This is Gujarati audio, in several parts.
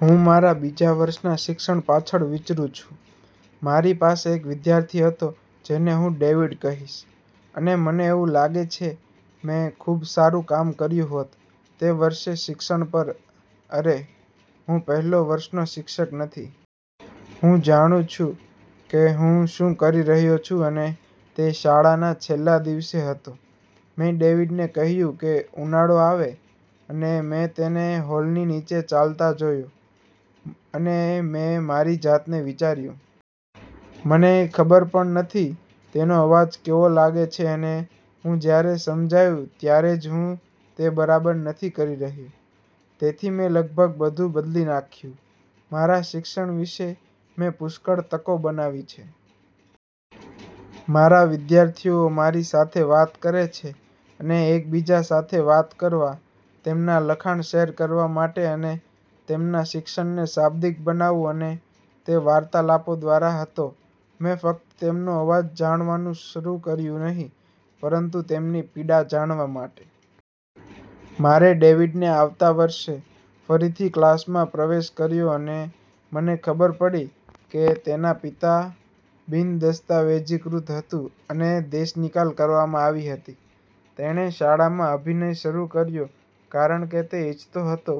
હું મારા બીજા વર્ષના શિક્ષણ પાછળ વિચરુંછું. મારી પાસે એક વિદ્યાર્થી હતો જેને હું ડેવિડ કહીશ, અને મને એવું લાગે છે મેં ખૂબ સારું કામ કર્યું હોત. તે વર્ષે શિક્ષણ પર અરે, હું પહેલો વર્ષનો શિક્ષક નથી. હું જાણું છું કે હું શું કરી રહ્યો છું અને તે શાળાના છેલ્લા દિવસે હતો, મેં ડેવિડને કહ્યું કે ઉનાળો આવે. અને મેં તેને હોલની નીચે ચાલતા જોયા અને મેં મારી જાતને વિચાર્યું. મને ખબર પણ નથી તેનો અવાજ કેવો લાગે છે અને હું જ્યારે સમજાયું ત્યારે જ હું તે બરાબર નથી કરી રહ્યો. તેથી મેં લગભગ બધું બદલી નાખ્યું. મારા શિક્ષણ વિશે મેં પુષ્કળ તકો બનાવી છે. મારા વિદ્યાર્થીઓ મારી સાથે વાત કરે છે અને એકબીજા સાથે વાત કરવા, તેમના લખાણ શેર કરવા માટે અને તેમના શિક્ષણને શાબ્દિક બનાવવું અને તે વાર્તાલાપો દ્વારા હતો મેં ફક્ત તેમનો અવાજ જાણવાનું શરૂ કર્યું નહીં, પરંતુ તેમની પીડા જાણવા માટે. મારે ડેવિડને આવતા વર્ષે ફરીથી ક્લાસમાં પ્રવેશ કર્યો અને મને ખબર પડી કે તેના પિતા બિનદસ્તાવેજીકૃત હતું અને દેશનિકાલ કરવામાં આવી હતી. તેણે શાળામાં અભિનય શરૂ કર્યો કારણ કે તે ઇચ્છતો હતો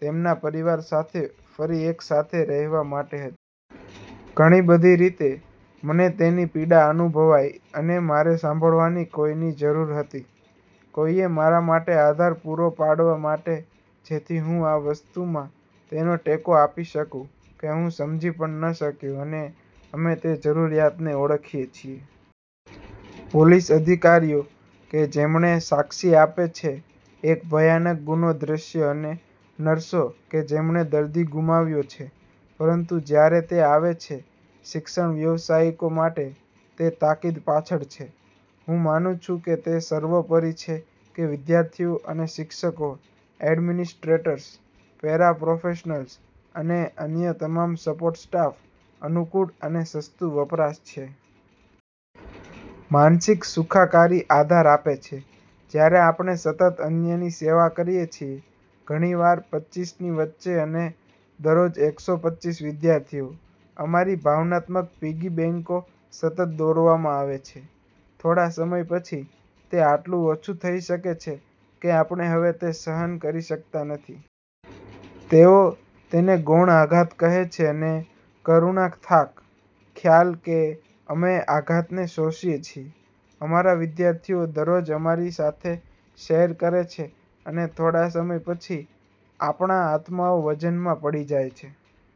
તેમના પરિવાર સાથે ફરી એક સાથે રહેવા માટે હતી. ઘણી બધી રીતે, મને તેની પીડા અનુભવાઈ અને મારે સાંભળવાની કોઈની જરૂર હતી, કોઈએ મારા માટે આધાર પૂરો પાડવા માટે જેથી હું આ વસ્તુમાં તેનો ટેકો આપી શકું કે હું સમજી પણ ન શક્યો અને અમે તે જરૂરિયાતને ઓળખીએ છીએ. પોલીસ અધિકારીઓ કે જેમણે સાક્ષી આપી છે એક ભયાનક ગુનો દ્રશ્ય અને નર્સો કે જેમણે દર્દી ગુમાવ્યો છે. પરંતુ જ્યારે તે આવે છે શિક્ષણ વ્યવસાયિકો માટે, તે તાકીદ પાછળ છે. હું માનું છું કે તે સર્વોપરી છે કે વિદ્યાર્થીઓ અને શિક્ષકો, એડમિનિસ્ટ્રેટર્સ, પેરાપ્રોફેશનલ્સ અને અન્ય તમામ સપોર્ટ સ્ટાફ અનુકૂળ અને સસ્તું વપરાશ છે. માનસિક સુખાકારી આધાર આપે છે. જ્યારે આપણે સતત અન્યની સેવા કરીએ છીએ, ઘણીવાર પચ્ચીસની વચ્ચે અને દરરોજ એકસો પચ્ચીસ વિદ્યાર્થીઓ, અમારી ભાવનાત્મક પિગી બેંકો સતત દોરવામાં આવે છે. થોડા સમય પછી, તે આટલું ઓછું થઈ શકે છે, કે આપણે હવે તે સહન કરી શકતા નથી. તેઓ તેને ગૌણ આઘાત કહે છે અને કરુણા થાક, ખ્યાલ કે અમે આઘાતને શોષીએ છીએ. અમારા વિદ્યાર્થીઓ દરરોજ અમારી સાથે શેર કરે છે અને થોડા સમય પછી, આપણા આત્માઓ વજનમાં પડી જાય છે.